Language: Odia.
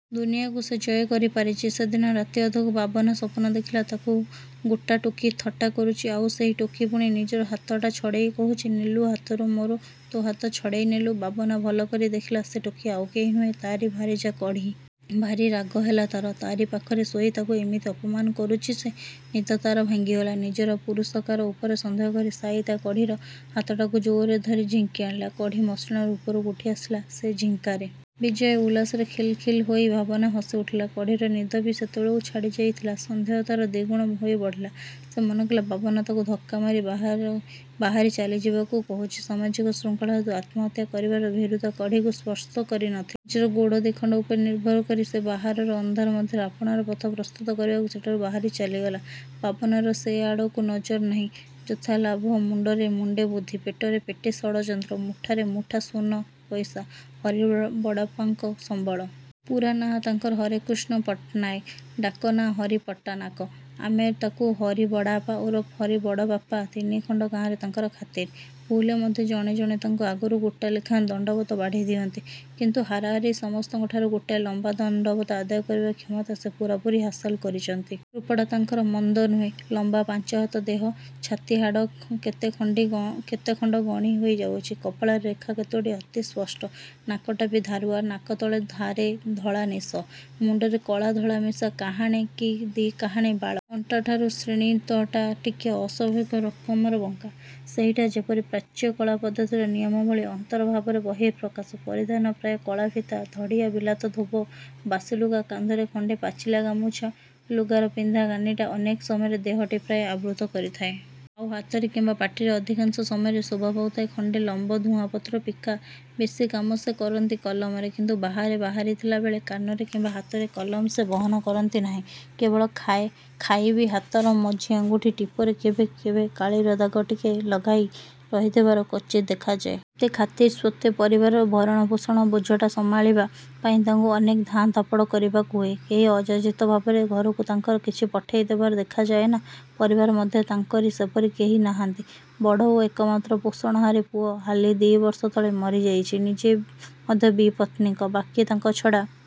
ଦୁନିଆକୁ ସେ ଜୟ କରି ପାରିଚି। ସେଦିନ ରାତି ଅଧକୁ ବାବନା ସପନ ଦେଖିଲା ତାକୁ ଗୋଟା ଟୋକୀ ଥଟା କରୁଚି,–ଆଉ ସେହି ଟୋକୀ ପୁଣି ନିଜର ହାତଟା ଛଡ଼େଇ କହୁଚି, ନେଲୁ ହାତରୁ ମୋର ତୋ ହାତ ଛଡ଼େଇ ନେଲୁ? ବାବନା ଭଲକରି ଦେଖିଲା ସେ ଟୋକୀ ଆଉ କେହି ନୁହେଁ, ତାରି ଭାରିଯା କଢ଼ୀ। ଭାରି ରାଗହେଲା ତାର। ତାରି ପାଖରେ ଶୋଇ ତାକୁ ଏମିତି ଅପମାନ କରୁଚି ସେ। ନିଦ ତାର ଭାଙ୍ଗିଗଲା। ନିଜର ପୁରୁଷକାର ଉପରେ ସନ୍ଦେହ କରି ଶାୟିତା କଢ଼ୀର ହାତଟାକୁ ଜୋରରେ ଧରି ଝିଙ୍କି ଆଣିଲା। କଢ଼ୀ ମସିଣାରୁ ଉପରକୁ ଉଠି ଆସିଲା ସେ ଝିଙ୍କାରେ। ବିଜୟ ଉଲ୍ଲାସରେ ଖିଲ୍ ଖିଲ୍ ହୋଇ ବାବନା ହସି ଉଠିଲା। କଢ଼ୀର ନିଦ ବି ସେତେବେଳକୁ ଛାଡ଼ିଯାଇ ଥିଲା ସନ୍ଦେହ ତାର ଦିଗୁଣ ହୋଇ ବଢ଼ିଲା। ସେ ମନେକଲା ବାବନା ତାକୁ ଧକା ମାରି ବାହାରି ଚାଲି ଯିବାକୁ କହୁଚି। ସାମାଜିକ ଶୃଙ୍ଖଳା ହେତୁ ଆତ୍ମହତ୍ୟା କରିବାର ଭୀରୁତା କଢ଼ୀକୁ ସ୍ପର୍ଶ କରି ନ ଥିଲା। ନିଜର ଗୋଡ଼ ଦିଖଣ୍ଡ ଉପରେ ନିର୍ଭର କରି ସେ ବାହାରର ଅନ୍ଧାର ମଧ୍ୟରେ ଆପଣାର ପଥ ପ୍ରସ୍ତୁତ କରିବାକୁ ସେଠାରୁ ବାହାରି ଚାଲିଗଲା। ବାବନାର ସେଆଡ଼କୁ ନଜର ନାହିଁ। ଯଥା ଲାଭ ମୁଣ୍ଡରେ ମୁଣ୍ଡେ ବୁଦ୍ଧି, ପେଟରେ ପେଟେ ଷଡ଼ଯନ୍ତ୍ର, ମୁଠାରେ ମୁଠା ଶୂନ୍ ପଇସା, ହରି ବଡ଼'ପାଙ୍କ ସମ୍ବଳ। ପୁରା ନାମ ତାଙ୍କର ହରେକୃଷ୍ଣ ପଟ୍ଟନାୟକ। ଡାକ ନା ହରି ପଟନା'କ। ଆମେ ଡାକୁ ହରି ବଡ଼'ପା ଓରଫ୍ ହରିବଡ଼ବାପା। ତିନିଖଣ୍ଡ ଗାଁରେ ତାଙ୍କର ଖାତିର। ଭୁଲରେ ମଧ୍ୟ ଜଣେ ଜଣେ ତାଙ୍କୁ ଆଗରୁ ଗୋଟା ଲେଖାଁ ଦଣ୍ଡବତ ବାଢ଼ି ଦିଅନ୍ତି। କିନ୍ତୁ ହାରାହାରି ସମସ୍ତଙ୍କଠାରୁ ଗୋଟାଏ ଲମ୍ବା ଦଣ୍ଡବତ ଆଦାୟ କରିବାର କ୍ଷମତା ସେ ପୂରାପୂରି ହାସଲ କରିଚନ୍ତି। ରୂପଟା ତାଙ୍କର ମନ୍ଦ ନୁହେଁ, ଲମ୍ବା ପାଞ୍ଚହାତ ଦେହ, ଛାତି ହାଡ଼ କେତେ ଖଣ୍ଡ ଗଣି ହୋଇଯାଉଚି। କପାଳର ରେଖା କେତୋଟି ଅତି ସ୍ପଷ୍ଟ। ନାକଟା ବି ଧାରୁଆ–ନାକ ତଳେ ଧାରେ ଧଳା ନିଶ। ମୁଣ୍ଡରେ କଳା ଧଳା ମିଶା କାହାଣେ କି ଦି' କାହାଣ ବାଳ। ଅଣ୍ଟାଠାରୁ ଶ୍ରୋଣିତଟା ଟିକେ ଅସ୍ଵାଭାବିକ ରକମର ବଙ୍କା। ସେହିଟା ଯେପରି ପ୍ରାଚ୍ୟ କଳା ପଦ୍ଧତିରେ ନିୟମ ଭଳି, ଅନ୍ତରଭାବର ବହିଃପ୍ରକାଶ। ପରିଧାନ ପ୍ରାୟ କଳା ଫିତା ଧଡ଼ିଆ ବିଲାତ ଧୋବ ବାସିଲୁଗା–କାନ୍ଧରେ ଖଣ୍ଡେ ପାଚିଲା ଗାମୁଛା, ଲୁଗାର ପିନ୍ଧା କାନିଟା ଅନେକ ସମୟରେ ଦେହଟି ପ୍ରାୟ ଆବୃତ କରିଥାଏ। ଆଉ ହାତରେ କିମ୍ବା ପାଟିରେ ଅଧିକାଂଶ ସମୟରେ ଶୋଭା ପାଉଥାଏ ଖଣ୍ଡେ ଲମ୍ବ ଧୂଆଁପତ୍ର ପିକା। ବେଶି କାମ ସେ କରନ୍ତି କଲମରେ–କିନ୍ତୁ ବାହାରେ ବାହାରିଥିଲା ବେଳେ କାନରେ କିମ୍ବା ହାତରେ କଲମ ସେ ବହନ କରନ୍ତି ନାହିଁ। କେବଳ ଖାଇବି ହାତର ମଝି ଆଙ୍ଗୁଠି ଟିପରେ କେବେ କେବେ କାଳିର ଦାଗ ଟିକେ ଟିକେ ଲାଗି ରହିଥିବାର କ୍ଵଚିତ୍ ଦେଖାଯାଏ। ଏତେ ଖାତିର ସତ୍ତ୍ୱେ ପରିବାରର ଭରଣପୋଷଣ ବୋଝଟା ସମାଳିବା ପାଇଁ ତାଙ୍କୁ ଅନେକ ଧାଁ ଧପଡ଼ କରିବାକୁ ହୁଏ। କେହି ଅଯାଚିତ ଭାବରେ ଘରକୁ ତାଙ୍କର କିଛି ପଠେଇ ଦେବାର ଦେଖାଯାଏ ନା। ପରିବାର ମଧ୍ୟରେ ତାଙ୍କର ସେପରି କେହି ନାହାନ୍ତି। ବଡ଼ ଓ ଏକମାତ୍ର ପୋଷଣହାରି ପୁଅ ହାଲି ଦି ବର୍ଷତଳେ ମାରିଯାଇଚି–ନିଜେ ମଧ୍ୟ ବିପତ୍ନୀକ। ବାକୀ ତାଙ୍କ ଛଡ଼ା